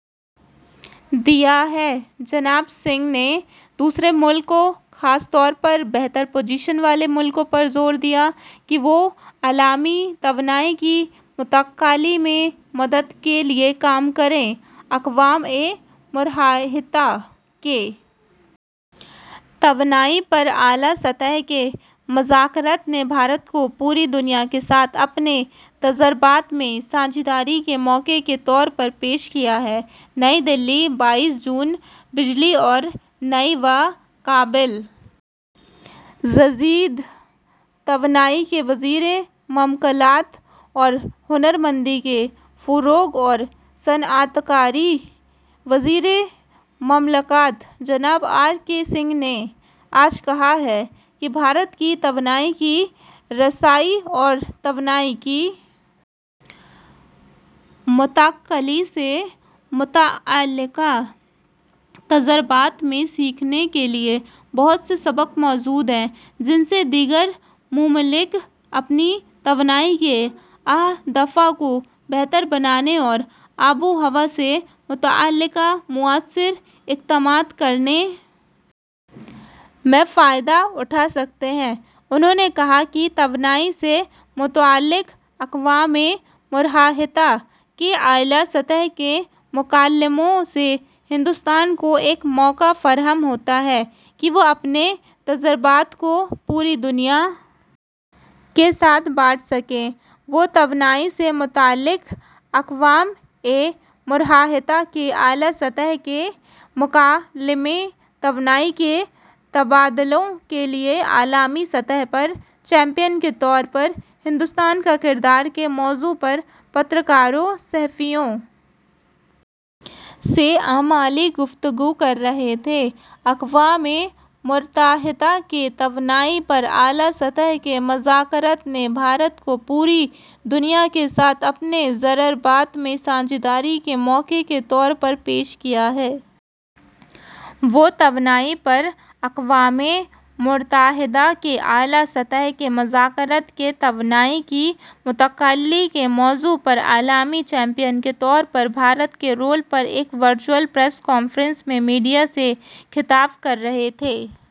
دیا ہے جناب سنگھ نے دوسرے ملکوں خاص طور پر بہتر پوزیشن والے ملکوں پر زور دیا ہے کہ وہ عالمی توانائی کی منتقلی میں مدد کے لیے کام کریں اقوام متحدہ کے توانائی پر اعلیٰ سطحی مذاکرات نے بھارت کو پوری دنیا کے ساتھ اپنے تجربات میں ساجھیداری کے موقع کے طور پر پیش کیا ہے نئی دہلی بائیس جون بجلی اور نئی و قابل تجدید توانائی کے وزیر مملکت اور ہنر مندی کے فروغ اور صنعت کاری کے وزیر مملکت جناب آر کے سنگھ نے آج کہا ہے کہ بھارت کی توانائی کی رسائی اور توانائی کی منتقلی سے متعلق تجربات میں سیکھنے کے لیے بہت سے سبق موجود ہیں جن سے دیگر ممالک اپنی توانائی کے اہداف کو بہتر بنانے اور آب و ہوا سے متعلق موثر اقدامات کرنے میں فائدہ اٹھا سکتے ہیں انہوں نے کہا کہ توانائی سے متعلق اقوام متحدہ کے اعلیٰ سطحی مکالمے سے ہندوستان کو ایک موقع فراہم ہوتا ہے کہ وہ اپنے تجربات کو پوری دنیا کے ساتھ بانٹ سکے وہ توانائی سے متعلق اقوام متحدہ کے اعلیٰ سطحی مکالمے توانائی کے تبادلوں کے لیے عالمی سطح پر چیمپئن کے طور پر ہندوستان کا کردار کے موضوع پر صحافیوں سے عملی گفتگو کر رہے تھے اقوام متحدہ کے توانائی پر اعلیٰ سطحی مذاکرات نے بھارت کو پوری دنیا کے ساتھ اپنے تجربات میں ساجھیداری کے موقع کے طور پر پیش کیا ہے وہ توانائی پر اقوام متحدہ کے اعلیٰ سطحی مذاکرات کے توانائی کی منتقلی کے موضوع پر عالمی چیمپئن کے طور پر بھارت کے رول پر ایک ورچوئل پریس کانفرنس میں میڈیا سے خطاب کر رہے تھے